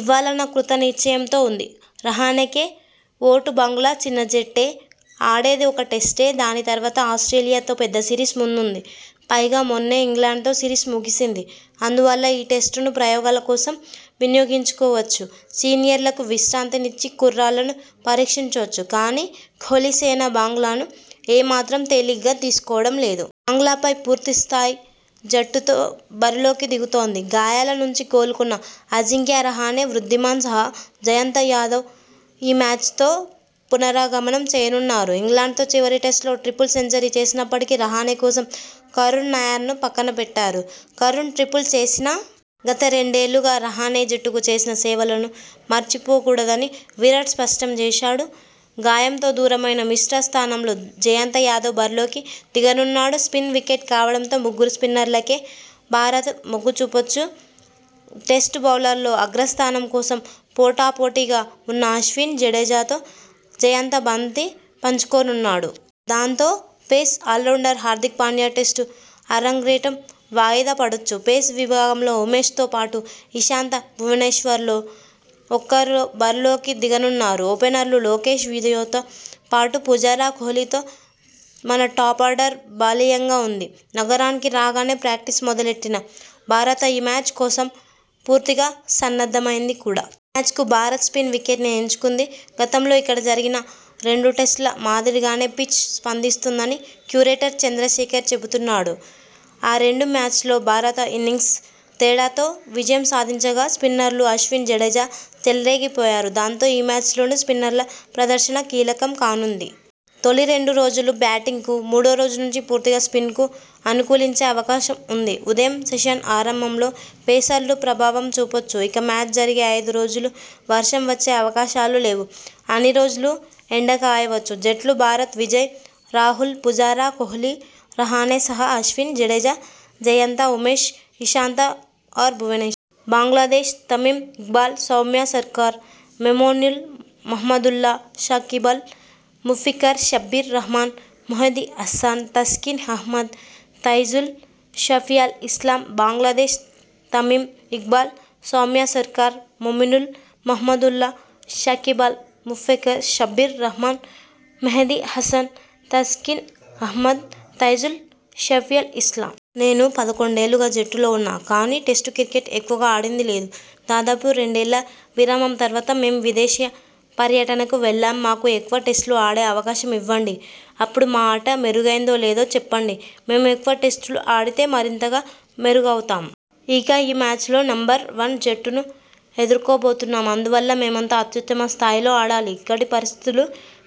ఇవ్వాలన్న కృత నిశ్చయంతో ఉంది. రహానెకే ఓటు బంగ్లా చిన్నజట్టే. ఆడేది ఒక్క టెస్టే. దాని తర్వాత ఆస్ట్రేలియాతో పెద్ద సిరీస్ ముందుంది. పైగా, మొన్నే ఇంగ్లండ్తో సిరీస్ ముగిసింది. అందువల్ల ఈ టెస్టును ప్రయోగాల కోసం వినియోగించుకోవచ్చు సీనియర్లకు విశ్రాంతినిచ్చి, కుర్రాళ్లను పరీక్షించొచ్చు. కానీ, కోహ్లీసేన బంగ్లాను ఏ మాత్రం తేలిగ్గా తీసుకోవడం లేదు. బంగ్లాపై పూర్తి స్థాయి జట్టుతో బరిలోకి దిగుతోంది. గాయాల నుంచి కోలుకున్న అజింక్యా రహానె, వృద్ధిమాన్ సాహా, జయంత యాదవ్ ఈ మ్యాచ్తో పునరాగమనం చేయనున్నారు. ఇంగ్లండ్తో చివరి టెస్టులో ట్రిపుల్ సెంచరీ చేసినప్పటికీ రహానె కోసం కరుణ్ నాయర్ను పక్కనబెట్టారు. కరుణ్ ట్రిపుల్ చేసినా.. గత రెండేళ్లుగా రహానె జట్టుకు చేసిన సేవలను మరచిపోకూడదని విరాట్ స్పష్టం చేశాడు. గాయంతో దూరమైన మిశ్రా స్థానంలో జయంత యాదవ్ బరిలోకి దిగనున్నాడు. స్పిన్ వికెట్ కావడంతో ముగ్గురు స్పిన్నర్లకే భారత మొగ్గు చూపొచ్చు. టెస్టు బౌలర్లలో అగ్రస్థానం కోసం పోటాపోటీగా ఉన్న అశ్విన్, జడేజాతో జయంత బంతి పంచుకోనున్నాడు. దాంతో, pace all rounder Hardik Pandya test అరంగేట్రం వాయిదా పడొచ్చు. పేస్ విభాగంలో ఉమే్ష తో పాటు ఇషాంత, భువనేశ్వర్లో ఒకరు బరిలోకి దిగనున్నారు. ఓపెనర్లు లోకేశ్, విజయ్తో పాటు పుజారా, కోహ్లీతో మన టాపార్డర్ బలీయంగా ఉంది. నగరానికి రాగానే ప్రాక్టీస్ మొదలెట్టిన భారత ఈ మ్యాచ్ కోసం పూర్తిగా సన్నద్ధమైంది కూడా. ఈ మ్యాచ్కు భారత్ స్పిన్ వికెట్నే ఎంచుకుంది. గతంలో ఇక్కడ జరిగిన రెండు టెస్టుల మాదిరిగానే పిచ్ స్పందిస్తుందని క్యూరేటర్ చంద్రశేఖర్ చెబుతున్నాడు. ఆ రెండు మ్యాచ్ల్లో భారత ఇన్నింగ్స్ తేడాతో విజయం సాధించగా.. స్పిన్నర్లు అశ్విన్, జడేజా చెలరేగిపోయారు. దాంతో, ఈ మ్యాచ్లోనూ స్పిన్నర్ల ప్రదర్శన కీలకం కానుం ది. తొలి రెండు రోజులు బ్యాటింగ్కు, మూడో రోజు నుంచి పూర్తిగా స్పిన్కు అనుకూలించే అవకాశం ఉంది. ఉదయం సెషన్ ఆరంభంలో పేసర్లు ప్రభావం చూపొచ్చు. ఇక, మ్యాచ్ జరిగే ఐదు రోజులూ వర్షం వచ్చే అవకాశాలు లేవు. అన్ని రోజులూ ఎండకాయవచ్చు. జట్లు భారత్ విజయ్, రాహుల్, పుజారా, కోహ్లీ, రహానె, సాహా, అశ్విన్, జడేజా, జయంత, ఉమేశ్, ఇషాంత/భువనేశ్వర్. బంగ్లాదేశ్ తమీమ్ ఇక్బాల్, సౌమ్య సర్కార్, మోమినుల్, మహ్మదుల్లా, షకీబల్, ముష్ఫికర్, షబ్బీర్ రహ్మాన్, మెహ్దీ హసన్, తస్కిన్ అహ్మద్, తైజుల్, షఫియుల్ ఇస్లాం. బంగ్లాదేశ్ తమీమ్ ఇక్బాల్, సౌమ్య సర్కార్, మోమినుల్, మహ్మదుల్లా, షకీబల్, ముష్ఫికర్, షబ్బీర్ రహ్మాన్, మెహ్దీ హసన్, తస్కిన్ అహ్మద్, తైజుల్, షఫియుల్ ఇస్లాం. నేను పదకొండేళ్లుగా జట్టులో ఉన్నా. కానీ, టెస్టు క్రికెట్ ఎక్కువగా ఆడింది లేదు. దాదాపు రెండేళ్ల విరామం తర్వాత మేం విదేశ పర్యటనకు వెళ్లాం. మాకు ఎక్కువ టెస్టులు ఆడే అవకాశం ఇవ్వండి. అప్పుడు మా ఆట మెరుగైందో లేదో చెప్పండి. మేం ఎక్కువ టెస్టులు ఆడితే మరింతగా మెరుగవుతాం. ఇక ఈ మ్యాచ్లో నెంబర్ వన్ జట్టును ఎదుర్కోబోతున్నాం. అందువల్ల మేమంతా అత్యుత్తమ స్థాయిలో ఆడాలి. ఇక్కడి పరిస్థితులు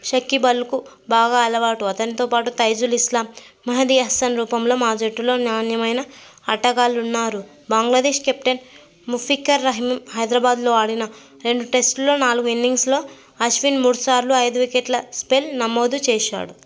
షకీబల్కు బాగా అలవాటు. అతనితోపాటు తైజుల్ ఇస్లాం, మోహ్దీ హసన్ రూపంలో మా జట్టులో నాణ్యమైన ఆటగాళ్లున్నారు. -బంగ్లాదేశ్ కెప్టెన్ ముష్ఫికర్ రహీమ్ హైదరాబాద్లో ఆడిన రెండు టెస్టుల్లో నాలుగు ఇన్నింగ్స్ల్లో అశ్విన్ మూడుసార్లు ఐదు వికెట్ల స్పెల్ నమోదు చేశాడు.